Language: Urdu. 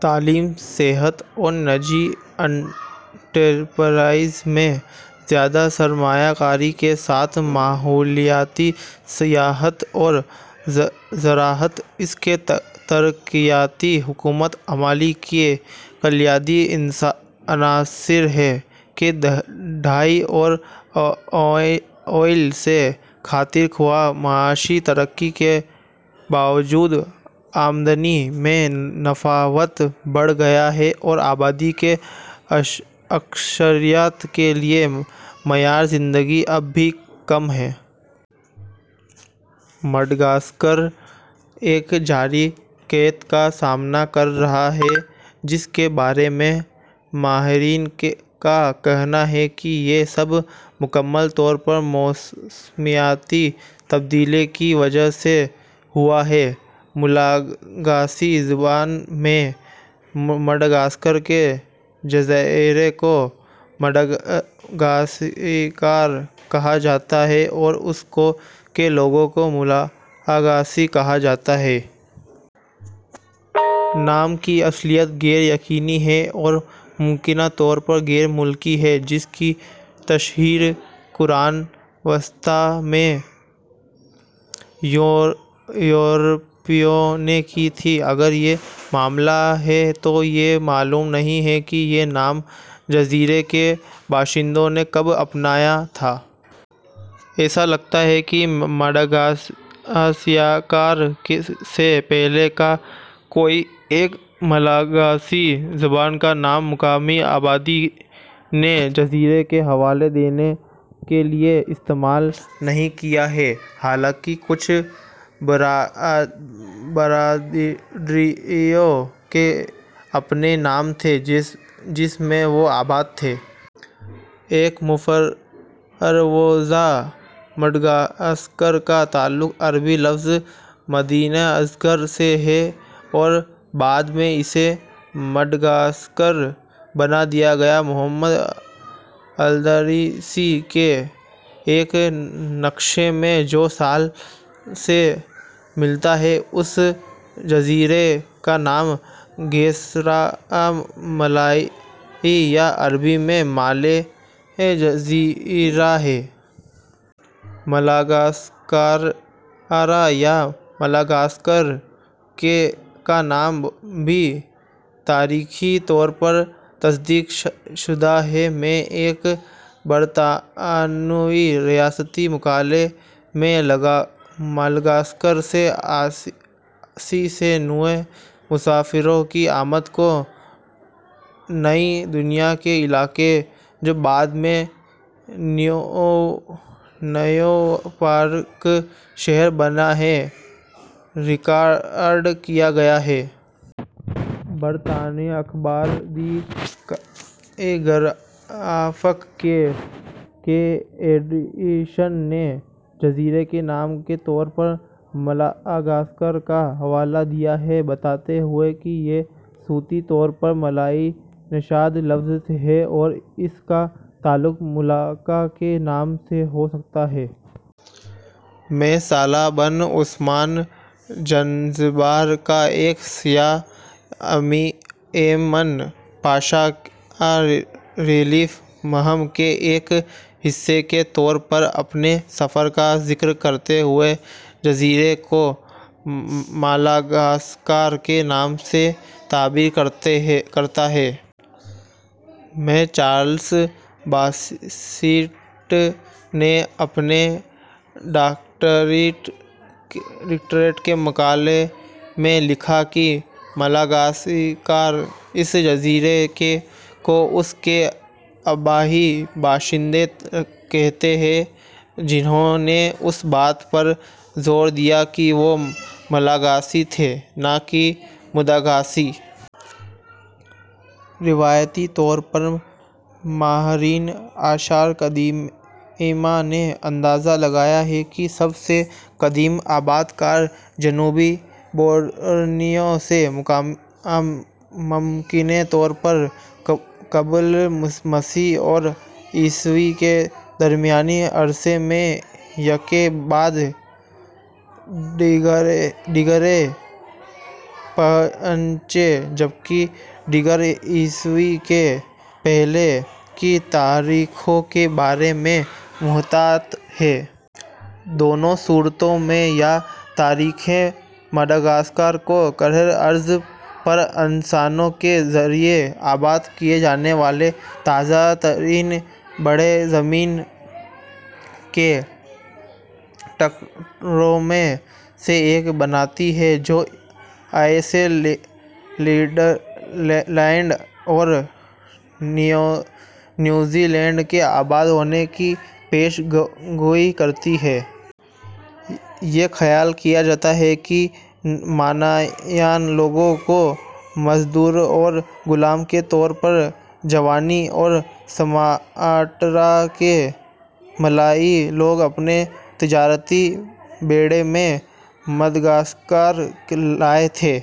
تعلیم، صحت اور نجی انٹرپرائز میں زیادہ سرمایہ کاری کے ساتھ ماحولیاتی سیاحت اور زراعت اس کی ترقیاتی حکمت عملی کے کلیدی عناصر ہیں۔ کی دہائی کے اوائل سے خاطر خواہ معاشی ترقی کے باوجود، آمدنی میں تفاوت بڑھ گیا ہے اور آبادی کی اکثریت کے لیے معیار زندگی اب بھی کم ہے۔ مڈغاسکر ایک جاری قحط کا سامنا کر رہا ہے، جس کے بارے میں ماہرین کا کہنا ہے کہ یہ سب مکمل طور پر موسمیاتی تبدیلی کی وجہ سے ہوا ہے۔ ملاگاسی زبان میں، مڈغاسکر کے جزیرے کو مداگاسیکارا کہا جاتا ہے اور اس کے لوگوں کو ملاگاسی کہا جاتا ہے۔ نام کی اصلیت غیر یقینی ہے اور ممکنہ طور پر غیر ملکی ہے، جس کی تشہیر قرون وسطیٰ میں یورپیوں نے کی تھی۔ اگر یہ معاملہ ہے، تو یہ معلوم نہیں ہے کہ یہ نام جزیرے کے باشندوں نے کب اپنایا تھا۔ ایسا لگتا ہے کہ ماداگاسیکارا سے پہلے کا کوئی ایک ملاگاسی زبان کا نام مقامی آبادی نے جزیرے کا حوالہ دینے کے لیے استعمال نہیں کیا ہے، حالانکہ کچھ برادریوں کے اپنے نام تھے جس میں وہ آباد تھے۔ ایک مفروضہ مڈغاسکر کا تعلق عربی لفظ "مدینہ اصغر" سے ہے اور بعد میں اسے مڈغاسکر بنا دیا گیا۔ محمد الادریسی کے ایک نقشے میں جو سال سے ملتا ہے، اس جزیرے کا نام گیسرا مالائی یا عربی میں "مالے جزیرہ" ہے۔ ملاگاسکارا یا ملاگاسکر کا نام بھی تاریخی طور پر تصدیق شدہ ہے۔ میں ایک برطانوی ریاستی مقالے میں "مالگاسکر" سے اسّی سے نوے مسافروں کی آمد کو نئی دنیا کے علاقے، جو بعد میں نیویارک شہر بنا، میں ریکارڈ کیا گیا ہے۔ برطانوی اخبار دی گرافک کے کے ایڈیشن نے جزیرے کے نام کے طور پر "ملاگاسکر" کا حوالہ دیا، یہ بتاتے ہوئے کہ یہ صوتی طور پر مالائی نژاد لفظ ہے اور اس کا تعلق ملاکا کے نام سے ہو سکتا ہے۔ میں، صالح بن عثمان، زنجبار کا ایک سیاح، ایمن پاشا ریلیف مہم کے ایک حصے کے طور پر، اپنے سفر کا ذکر کرتے ہوئے جزیرے کو "مالاگاسکر" کے نام سے تعبیر کرتا ہے۔ میں، چارلس باسیٹ نے اپنے ڈاکٹریٹ کے مقالے میں لکھا کہ ملاگاسیکارا اس جزیرے کو اس کے آبائی باشندے کہتے ہیں، جنھوں نے اس بات پر زور دیا کہ وہ مالاگاسی تھے، نہ کہ مڈاگاسی۔ روایتی طور پر، ماہرین آثار قدیمہ نے اندازہ لگایا ہے کہ سب سے قدیم آباد کار جنوبی بورنیو سے ممکنہ طور پر قبل مسیح اور عیسوی کے درمیانی عرصے میں یکے بعد دیگرے پہنچے، جبکہ دیگر عیسوی سے پہلے کی تاریخوں کے بارے میں محتاط ہیں۔ دونوں صورتوں میں، یہ تاریخیں مڈغاسکر کو کرۂ ارض پر انسانوں کے ذریعہ آباد کیے جانے والے تازہ ترین بڑے زمین کے ٹکڑوں میں سے ایک بناتی ہیں، جو آئس لینڈ اور نیوزی لینڈ کے آباد ہونے کی پیش گوئی کرتی ہیں۔ یہ خیال کیا جاتا ہے کہ مانایان لوگوں کو مزدور اور غلام کے طور پر جاوانی اور سماٹرا کے ملائی لوگ اپنے تجارتی بیڑے میں مڈغاسکر لائے تھے۔